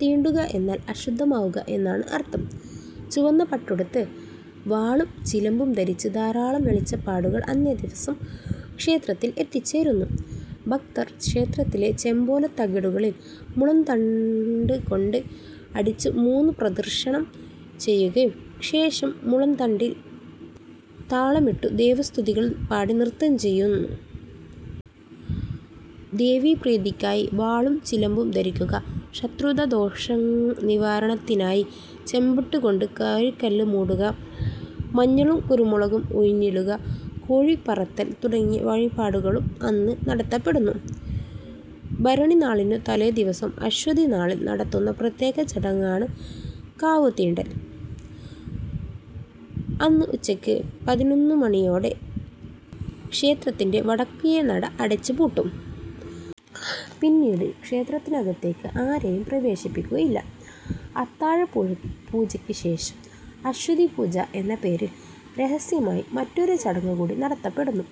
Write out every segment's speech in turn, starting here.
"തീണ്ടുക" എന്നാൽ അശുദ്ധമാക്കുക എന്നാണ് അർത്ഥം. ചുവന്ന പട്ടുടുത്ത് വാളും ചിലമ്പും ധരിച്ച ധാരാളം വെളിച്ചപ്പാടുകൾ അന്നേ ദിവസം ക്ഷേത്രത്തിൽ എത്തിച്ചേരുന്നു. ഭക്തർ ക്ഷേത്രത്തിലെ ചെമ്പോല തകിടുകളിൽ മുളംതണ്ട് കൊണ്ട് അടിച്ചു മൂന്ന് പ്രദക്ഷിണം ചെയ്യുകയും ശെഷം മുളംതണ്ടിൽ താളമിട്ടു ദേവീസ്തുതികൾ പാടി നൃത്തം ചെയ്യുന്നു. ദേവീ പ്രീതിക്കായി വാളും ചിലമ്പും ധരിക്കുക, ശത്രുതാദോഷ നിവാരണത്തിനായി ചെമ്പട്ട് കൊണ്ട് കോഴിക്കല്ല് മൂടുക, മഞ്ഞളും കുരുമുളകും ഉഴിഞ്ഞിടുക, കോഴി പറത്തൽ തുടങ്ങിയ വഴിപാടുകളും അന്ന് നടത്തപ്പെടുന്നു. ഭരണിനാളിനു തലേദിവസം അശ്വതി നാളിൽ നടക്കുന്ന പ്രത്യേക ചടങ്ങാണ്. കാവുതീണ്ടൽ. അന്ന് ഉച്ചക്ക് പതിനൊന്നുമണിയോടെ ക്ഷേത്രത്തിൻറെ വടക്കേ നട അടച്ചുപൂട്ടും. പിന്നീട് ക്ഷേത്രത്തിനകത്തേക്ക് ആരേയും പ്രവേശിപ്പിക്കുകയില്ല. അത്താഴപൂജക്ക് ശേഷം "അശ്വതീപൂജ" എന്ന പേരിൽ രഹസ്യമായ മറ്റൊരു ചടങ്ങൂകൂടി നടത്തപ്പെടുന്നു.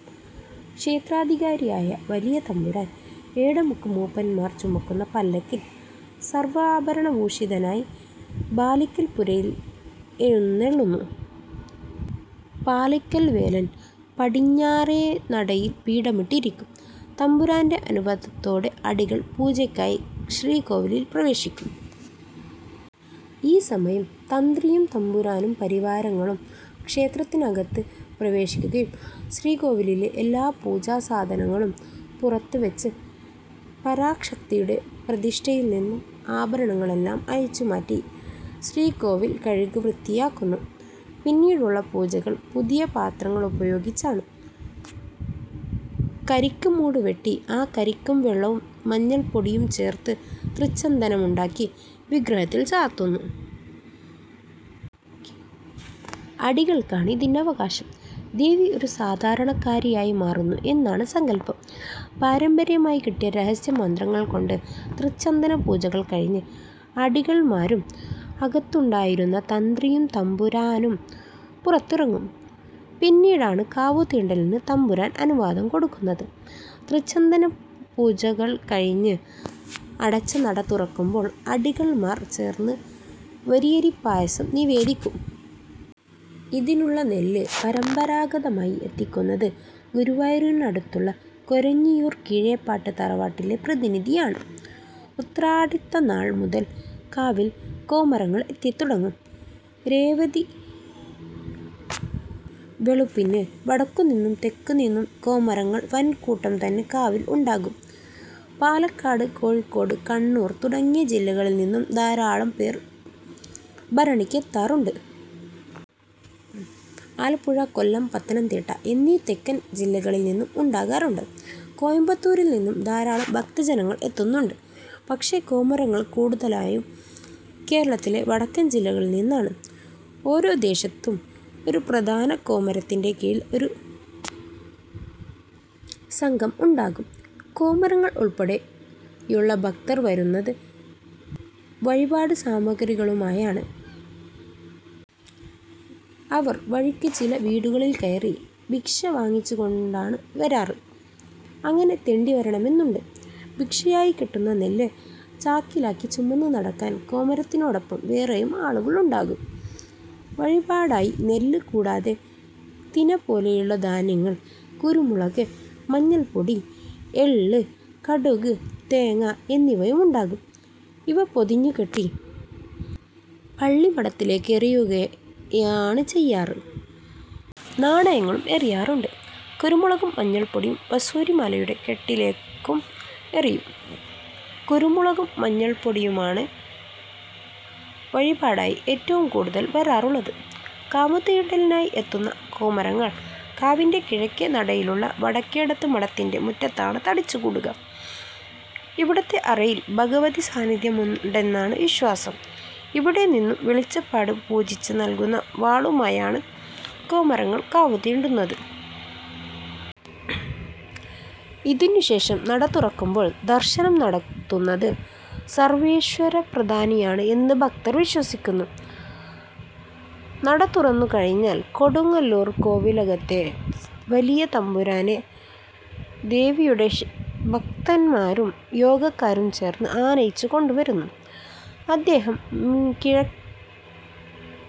ക്ഷേത്രാധികാരിയായ വലിയ തമ്പുരാൻ, എടമുക്ക് മൂപ്പന്മാർ ചുമക്കുന്ന പല്ലക്കിൽ സർവാഭരണഭൂഷിതനായി ബലിക്കൽ പുരയിൽ എഴുന്നെള്ളുന്നു. പാലയ്ക്കൽ വേലൻ പടിഞ്ഞാരെ നടയിൽ പീഠമിട്ട് ഇരിക്കും. തമ്പുരാന്റെ അനുവാദത്തോടെ അടികൾ പൂജക്കായി ശ്രീക്കോവിലിൽ പ്രവേശിക്കും. ഈ സമയം തന്ത്രിയും തമ്പുരാനും പരിവാരങ്ങളും ക്ഷേത്രത്തികത്ത് പ്രവേശിക്കും. ശ്രീകോവിലിലെ എല്ലാ പൂജാസാധങ്ങളും പുറത്തുവെച്ച്, പരാശക്തിയുടെ പ്രതിഷ്ഠയിൽ നിന്ന് ആഭരണങ്ങൾ എല്ലാം അഴിച്ചുമാറ്റി, ശ്രീകോവിൽ കഴുകി വൃത്തിയാക്കുന്നു. പിന്നീടുള്ള പൂജകൾ പുതിയ പാത്രങ്ങൾ ഉപയോഗിച്ചാണ്. കരിക്ക് മൂട് വെട്ടി ആ കരിക്കുവെള്ളവും മഞ്ഞൾപ്പൊടിയും ചേർത്ത് തൃച്ചന്ദനമുണ്ടാക്കി, വിഗ്രഹത്തിൽ ചാർത്തുന്നു. അടികൾക്കാണ് ഇതിന്നവകാശം. ദേവി ഒരു സാധാരണക്കാരിയായി മാറുന്നു എന്നാണ് സങ്കൽപ്പം. പാരമ്പര്യമായി കിട്ടിയ രഹസ്യമന്ത്രങ്ങൾ കൊണ്ട് തൃച്ചന്ദനപൂജകൾ കഴിഞ്ഞ് അടികൾമാരും അകത്തുണ്ടായിരുന്ന തന്ത്രിയും തമ്പുരാനും പുറത്തിറങ്ങും. പിന്നീടാണ് കാവുതീണ്ടലിന് തമ്പുരാൻ അനുവാദം കൊടുക്കുന്നത്. തൃച്ചന്ദനപൂജകൾ കഴിഞ്ഞ് അടച്ച നട തുറക്കുമ്പോൾ അടികൾമാർ ചേർന്ന് വരിയരി പായസം നിവേദിക്കും. ഇതിനുള്ള നെല്ല് പരമ്പരാഗതമായി എത്തിക്കുന്നത് ഗുരുവായൂരിനടുത്ത കൊരഞ്ഞിയൂർ കീഴേപ്പാട്ട് തറവാട്ടിലെ പ്രതിനിധിയാണ്. ഉത്രട്ടാതി നാൾ മുതൽ കാവിൽ കോമരങ്ങൾ എത്തിത്തുടങ്ങും. രേവതിവെളുപ്പിന് വടക്കുനിന്നും തെക്കുനിന്നും കോമരങ്ങളുടെ വൻ കൂട്ടം തന്നെ കാവിൽ ഉണ്ടാകും. പാലക്കാട്, കോഴിക്കോട്, കണ്ണൂർ തുടങ്ങിയ ജില്ലകളിൽ നിന്നും ധാരാളം പേർ ഭരണിക്ക് എത്താറുണ്ട്. ആലപ്പുഴ, കൊല്ലം, പത്തനംതിട്ട എന്നീ തെക്കൻ ജില്ലകളിൽ നിന്നും ഉണ്ടാകാറുണ്ട്. കോയമ്പത്തൂരിൽ നിന്നും ധാരാളം ഭക്തജനങ്ങൾ എത്തുന്നുണ്ട്. പക്ഷേ കോമരങ്ങൾ കൂടുതലും കേരളത്തിലെ വടക്കൻ ജില്ലകളിൽ നിന്നാണ്. ഓരോ ദേശത്തും ഒരു പ്രധാന കോമരത്തിന്റെ കീഴിൽ ഒരു സംഘം ഉണ്ടാകും. കോമരങ്ങൾ ഉൾപ്പെടെയുള്ള ഭക്തർ വരുന്നത് വഴിപാടുസാമഗ്രികളുമായാണ്. അവർ, വഴിക്ക് ചില വീടുകളൊക്കെകയറി ഭിക്ഷ വാങ്ങിച്ചുകൊണ്ടാണ് വരാറ്. അങ്ങനെ തെണ്ടി വരണം എന്നുമുണ്ട്. ഭിക്ഷയായി കിട്ടുന്ന നെല്ല് ചാക്കിലാക്കി ചുമന്നുനടക്കാൻ കോമരത്തിനൊപ്പം വേറെയും ആളുകൾ ഉണ്ടാകും. വഴിപാടായി നെല്ല് കൂടാതെ തിനപോലുള്ള ധാന്യങ്ങൾ, കുരുമുളക്, മഞ്ഞൾപ്പൊടി, എള്ള്, കടുക്, തേങ്ങ എന്നിവയുണ്ടാകും. ഇവ പൊതിഞ്ഞുകെട്ടി പള്ളിമാടത്തിലേക്ക് എറിയുകയാണ് ചെയ്യാറ്. നാണയങ്ങളും എറിയാറുണ്ട്. കുരുമുളകും മഞ്ഞൾപ്പൊടിയും വസൂരിമാലയുടെ കെട്ടിലേക്കും എറിയും. കുരുമുളകും മഞ്ഞൾപ്പൊടിയുമാണ് വഴിപാടായി ഏറ്റവും കൂടുതൽ വരാറുള്ളത്. കാവുതീണ്ടലിനായി എത്തുന്ന കോമരങ്ങൾ കാവിന്റെ കിഴക്കേ നടയിലുള്ള വടക്കേടത്ത് മഠത്തിന്റെ മുറ്റത്താണ് തടിച്ചുകൂടുക. ഇവിടത്തെ അറയിൽ ഭഗവതി സാന്നിദ്ധ്യമുണ്ടെന്നാണ് വിശ്വാസം. ഇവിടെ നിന്ന് വെളിച്ചപ്പാട് പൂജിച്ചു നൽകുന്ന വാളുമായാണ് കോമരങ്ങൾ കാവുതീണ്ടുന്നത്. ഇതിനുശേഷം നടതുറക്കുമ്പോൾ ദർശനം നടത്തുന്നത് സർവൈശ്വര്യപ്രധാനിയാണ് എന്ന് ഭക്തർ വിശ്വസിക്കന്നു. നടതുറന്നു കഴിഞ്ഞാൽ കൊടുങ്ങല്ലൂർ കോവിലകത്തെ വലിയ തമ്പുരാനെ ദേവിയുടെ ഭക്തന്മാരും യോഗക്കാരും ചേർന്ന് ആനയിച്ച് കൊണ്ടുവരുന്നു. അദ്ദേഹം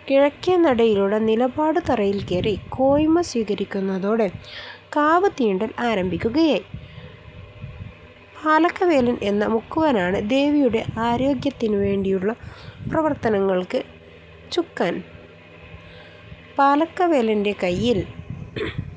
കിഴക്കേ നടയിലുള്ള നിലപാടുതറയിൽകയറി കോയ്മ സ്വീകരിക്കുന്നതോടെ കാവ്തീണ്ടൽ ആരംഭിക്കുകയായി. പാലക്കവേലൻ എന്ന മുക്കുവനാണ് ദേവിയുടെ ആരോഗ്യത്തിനുവേണ്ടിയുള്ള പ്രവർത്തനങ്ങൾക്ക് ചുക്കാൻ. പാലക്കവേലന്റെ കയ്യിൽ